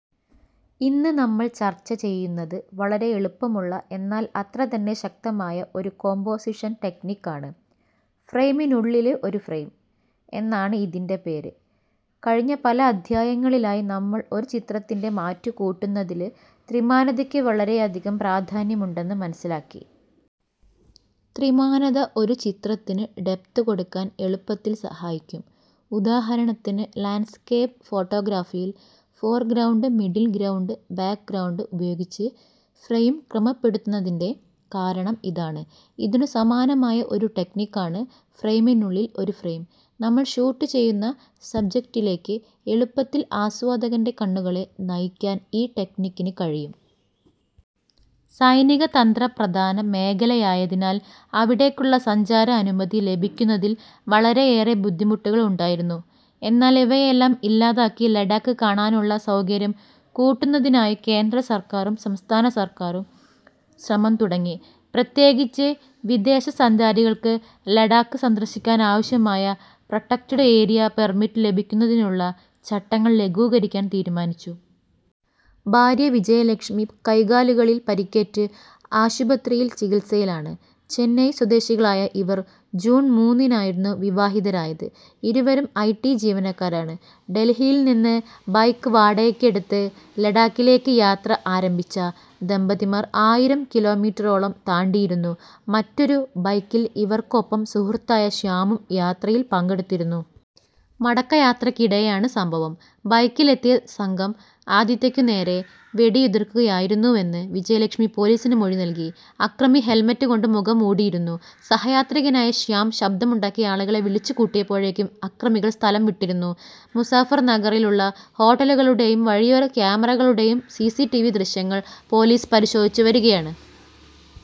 ഇന്ന് നമ്മള് ചര്ച്ച ചെയ്യുന്നത് വളരെ എളുപ്പമുള്ള എന്നാല് അത്ര തന്നെ ശക്തമായ ഒരു കോമ്പോസിഷന് ടെക്നിക് ആണ്. ഫ്രെയിമിനുള്ളില് ഒരു ഫ്രെയിം എന്നാണ് ഇതിന്റെ പേര്. കഴിഞ്ഞ പല അദ്ധ്യായങ്ങളിലായി നമ്മള് ഒരു ചിത്രത്തിന്റെ മാറ്റുകൂട്ടുന്നതില് ത്രിമാനത യ്ക്ക് വളരെ അധികം പ്രാധാന്യമുണ്ടെന്ന് മനസ്സിലാക്കി. ത്രിമാനത ഒരു ചിത്രത്തിന് ഡെപ്ത് കൊടുക്കാന് എളുപ്പത്തില് സഹായിക്കും. ഉദാഹരണത്തിന് ലാന്ഡ്സ്കേപ്പ് ഫോട്ടോഗ്രാഫിയില് ഫൊരെഗ്രൊഉന്ദ്, മിദ്ദ്ലെ ഗ്രൊഉന്ദ്, ബച്ക്ഗ്രൊഉന്ദ് ഉപയോഗിച്ചു ഫ്രെയിം ക്രമപ്പെടുത്തുന്നതിന്റെ കാരണം ഇതാണ്. ഇതിനു സമാനമായ ഒരു ടെക്നിക് ആണ് ഫ്രെയിമിനുള്ളില് ഒരു ഫ്രെയിം. നമ്മള് ഷൂട്ട് ചെയ്യുന്ന സബ്ജക്ടിലേക്ക് എളുപ്പത്തില് ആസ്വാദകന്റെ കണ്ണുകളെ നയിക്കാന് ഈ ടെക്നിക്കിന് കഴിയും. സൈനിക തന്ത്രപ്രധാന മേഖലയായതിനാല് അവിടേക്കുളള സഞ്ചാര അനുമതി ലഭിക്കുന്നതില് വളരെയേറെ ബുദ്ധിമുട്ടുകള് ഉണ്ടായിരുന്നു. എന്നാല് ഇവയെല്ലാം ഇല്ലാതാക്കി ലഡാക്ക് കാണാനുളള സൗകര്യം കൂട്ടുന്നതിനായി കേന്ദ്ര സര്ക്കാറും സംസ്ഥാന സര്ക്കാറും ശ്രമം തുടങ്ങി. പ്രത്യേകിച്ച് വിദേശസഞ്ചാരികള്ക്ക് ലഡാക്ക് സന്ദര്ശിക്കാനാവശ്യമായ പ്രൊട്ടക്ടഡ് ഏരിയ പെര്മിറ്റ് ലഭിക്കുന്നതിനുളള ചട്ടങ്ങള് ലഘൂകരിക്കാന് തീരുമാനിച്ചു. ഭാര്യ വിജയലക്ഷ്മി കൈകാലുകളില് പരിക്കേറ്റ് ആശുപത്രിയില് ചികിത്സയിലാണ്. ചെന്നൈ സ്വദേശികളായ ഇവര് ജൂണ് മൂന്നിനായിരുന്നു വിവാഹിതരായത്. ഇരുവരും ഐടി ജീവനക്കാരാണ്. ഡല്ഹിയില് നിന്ന് ബൈക്ക് വാടകയ്ക്ക് എടുത്ത് ലേ, ലഡാക്കിലേക്ക് യാത്ര ആരംഭിച്ച ദമ്പതിമാര് ആയിരംകിലോമീറ്ററോളം താണ്ടിയിരുന്നു. മറ്റൊരു ബൈക്കില് ഇവര്ക്കൊപ്പം സുഹൃത്തായ ശ്യാമും യാത്രയില് പങ്കെടുത്തിരുന്നു. മടക്കയാത്രയ്ക്കിടെയാണ് സംഭവം. ബൈക്കിലെത്തിയ സംഘം ആദിത്യക്കു നേരെ വെടിയുതിര്ക്കുകയായിരുന്നുവെന്ന് വിജയലക്ഷ്മി പോലീസില് മൊഴി നല്കി. അക്രമി ഹെല്മെറ്റ് കൊണ്ട് മുഖം മൂടിയിരുന്നു. സഹയാത്രികനായ ശ്യാം ശബ്ദമുണ്ടാക്കി ആളുകളെ വിളിച്ചുകൂട്ടിയപ്പോഴേക്കും അക്രമികള് സ്ഥലം വിട്ടിരുന്നു. മുസഫര് നഗറിലുള്ള ഹോട്ടലുകളുടെയും വഴിയോര ക്യാമറകളുടെയും സിസിടിവി ദൃശ്യങ്ങള് പോലീസ് പരിശോധിച്ചുവരികയാണ്.